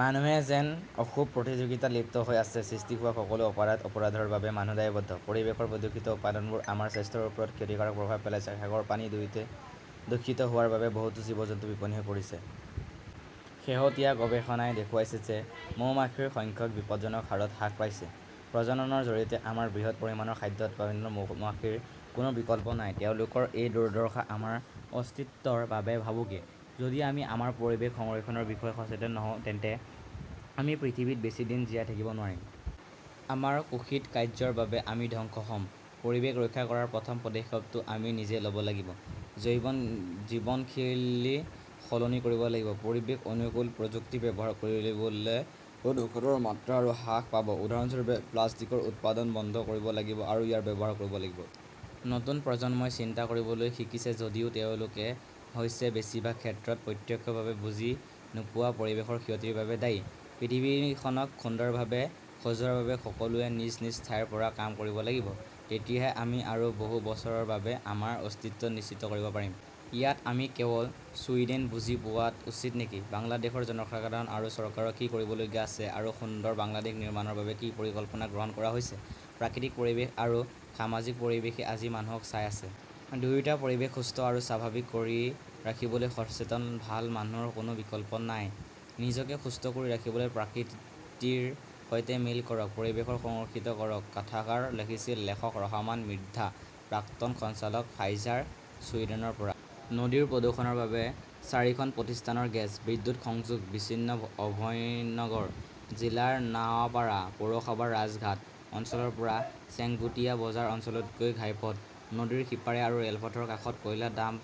মানুহ যেন অশুভ প্ৰতিযোগিতাত লিপ্ত হৈ আছে। সৃষ্টি হোৱা সকলো অপৰাধ, অপৰাধৰ বাবে মানুহ দায়বদ্ধ। পৰিৱেশৰ প্ৰদূষিত উপাদানবোৰে আমাৰ স্বাস্থ্যৰ ওপৰত ক্ষতিকাৰক প্ৰভাৱ পেলাইছে। সাগৰৰ পানী দূষিত হোৱাৰ বাবে বহুতো জীৱ-জন্তু বিপন্ন হৈ পৰিছে। শেহতীয়া গৱেষণাই দেখুৱাইছে যে মৌমাখিৰ সংখ্যা বিপদজনক হাৰত হ্ৰাস পাইছে। প্ৰজননৰ জৰিয়তে আমাৰ বৃহৎ পৰিমাণৰ খাদ্য উৎপাদনত মৌমাখিৰ কোনো বিকল্প নাই। তেওঁলোকৰ এই দুৰ্দশা আমাৰ অস্তিত্বৰ বাবে ভাবুকি। যদি আমি আমাৰ পৰিৱেশ সংৰক্ষণৰ বিষয়ে সচেতন নহওঁ তেন্তে আমি পৃথিৱীত বেছি দিন জীয়াই থাকিব নোৱাৰিম। আমাৰ কুৎসিত কাৰ্য্যৰ বাবে আমি ধ্বংস হ'ম। পৰিৱেশ ৰক্ষা কৰাৰ প্ৰথম পদক্ষেপটো আমি নিজেই ল'ব লাগিব। জীৱনশৈলী সলনি কৰিব লাগিব। পৰিৱেশ অনুকূল প্ৰযুক্তি ব্যৱহাৰ কৰিলে প্ৰদূষণৰ মাত্ৰা আৰু হ্ৰাস পাব। উদাহৰণস্বৰূপে, প্লাষ্টিকৰ উৎপাদন বন্ধ কৰিব লাগিব আৰু ইয়াৰ ব্যৱহাৰ কৰিব লাগিব। নতুন প্ৰজন্মই চিন্তা কৰিবলৈ শিকিছে যদিও তেওঁলোক হৈছে বেছিভাগ ক্ষেত্ৰতে প্ৰত্যক্ষভাৱে বুজি নোপোৱা পৰিৱেশৰ ক্ষতিৰ বাবে দায়ী। পৃথিৱীখনক সুন্দৰভাৱে সজোৱাৰ বাবে সকলোৱে নিজ নিজ ঠাইৰ পৰা কাম কৰিব লাগিব। তেতিয়াহে আমি আৰু বহু বছৰৰ বাবে আমাৰ অস্তিত্ব নিশ্চিত কৰিব পাৰিম। ইয়াত আমি কেৱল ছুইডেন বুজি পোৱাটো উচিত নেকি? বাংলাদেশৰ জনসাধাৰণ আৰু চৰকাৰৰ কি কৰিবলগীয়া আছে আৰু সুন্দৰ বাংলাদেশ নিৰ্মাণৰ বাবে কি পৰিকল্পনা গ্ৰহণ কৰা হৈছে? প্ৰাকৃতিক পৰিৱেশ আৰু সামাজিক পৰিৱেশই আজি মানুহক চাই আছে। দুয়োটা পৰিৱেশ সুস্থ আৰু স্বাভাৱিক কৰি ৰাখিবলৈ সচেতন ভাল মানুহৰ কোনো বিকল্প নাই। নিজকে সুস্থ কৰি ৰাখিবলৈ প্ৰকৃতিৰ সৈতে মিল কৰক, পৰিৱেশ সুৰক্ষিত কৰক- কথাষাৰ লিখিছিল লেখক ৰহমান মৃধা, প্ৰাক্তন সঞ্চালক ফাইজাৰ, ছুইডেনৰ পৰা । নদীৰ প্ৰদূষণৰ বাবে চাৰিখন প্ৰতিষ্ঠানৰ গেছ, বিদ্যুৎ সংযোগ বিচ্ছিন্ন অভয়নগৰ জিলাৰ নৱাপাৰা পৌৰসভাৰ ৰাজঘাট অঞ্চলৰ পৰা চেঙ্গুটিয়া বজাৰ অঞ্চললৈকে ঘাইপথ, নদীৰ সিপাৰে আৰু ৰেলপথৰ কাষত কয়লা ডাম্প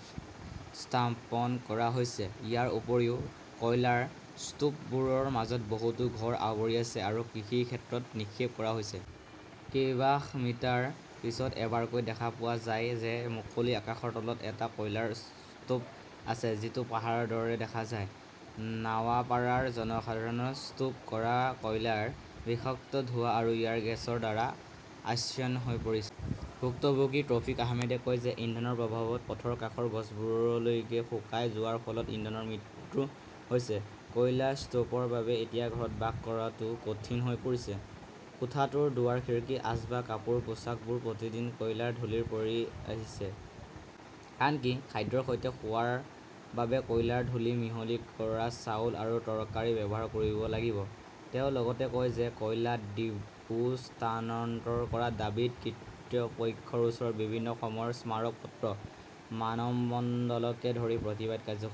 স্থাপন কৰা হৈছে। ইয়াৰ উপৰিও, কয়লাৰ স্তূপবোৰৰ মাজত বহুতো ঘৰ আৱৰি আছে আৰু কৃষিক্ষেত্ৰত নিক্ষেপ কৰা হৈছে। কেইবাশ মিটাৰ পিছত এবাৰকৈ দেখা পোৱা যায় যে মুকলি আকাশৰ তলত এটা কয়লাৰ স্তূপ আছে। যিটো পাহাৰৰ দৰে দেখা যায়। নৱাপাড়াৰ জনসাধাৰণ স্তূপ কৰা কয়লাৰ বিষাক্ত ধোঁৱা আৰু ইয়াৰ গেছৰ দ্বাৰা আচ্ছন্ন হৈ পৰিছে। ভুক্তভোগী তৌফিক আহমেদে কয় যে ইন্ধনৰ প্ৰভাৱত পথৰ কাষৰ গছবোৰলৈকে শুকাই যোৱাৰ ফলত ইন্ধনৰ মৃত্যু হৈছে। কয়লাৰ স্তূপৰ বাবে এতিয়া ঘৰত বাস কৰাটো কঠিন হৈ পৰিছে। কোঠাটোৰ দুৱাৰ-খিৰিকী আচবাব, কাপোৰ পোচাকবোৰ প্ৰতিদিনে কয়লাৰ ধূলিৰে ভৰি পৰিছে। আনকি খাদ্যৰ সৈতে খোৱাৰ বাবে কয়লাৰ ধূলি মিহলি কৰা চাউল আৰু তৰকাৰী ব্যৱহাৰ কৰিব লাগিব। তেওঁ লগতে কয় যে কয়লা ডিপো স্থানান্তৰ কৰাৰ দাবীত কৰ্তৃপক্ষৰ ওচৰত বিভিন্ন সময়ৰ স্মাৰক পত্ৰ, মানৱমণ্ডলকে ধৰি প্ৰতিবাদ কাৰ্যসূচীও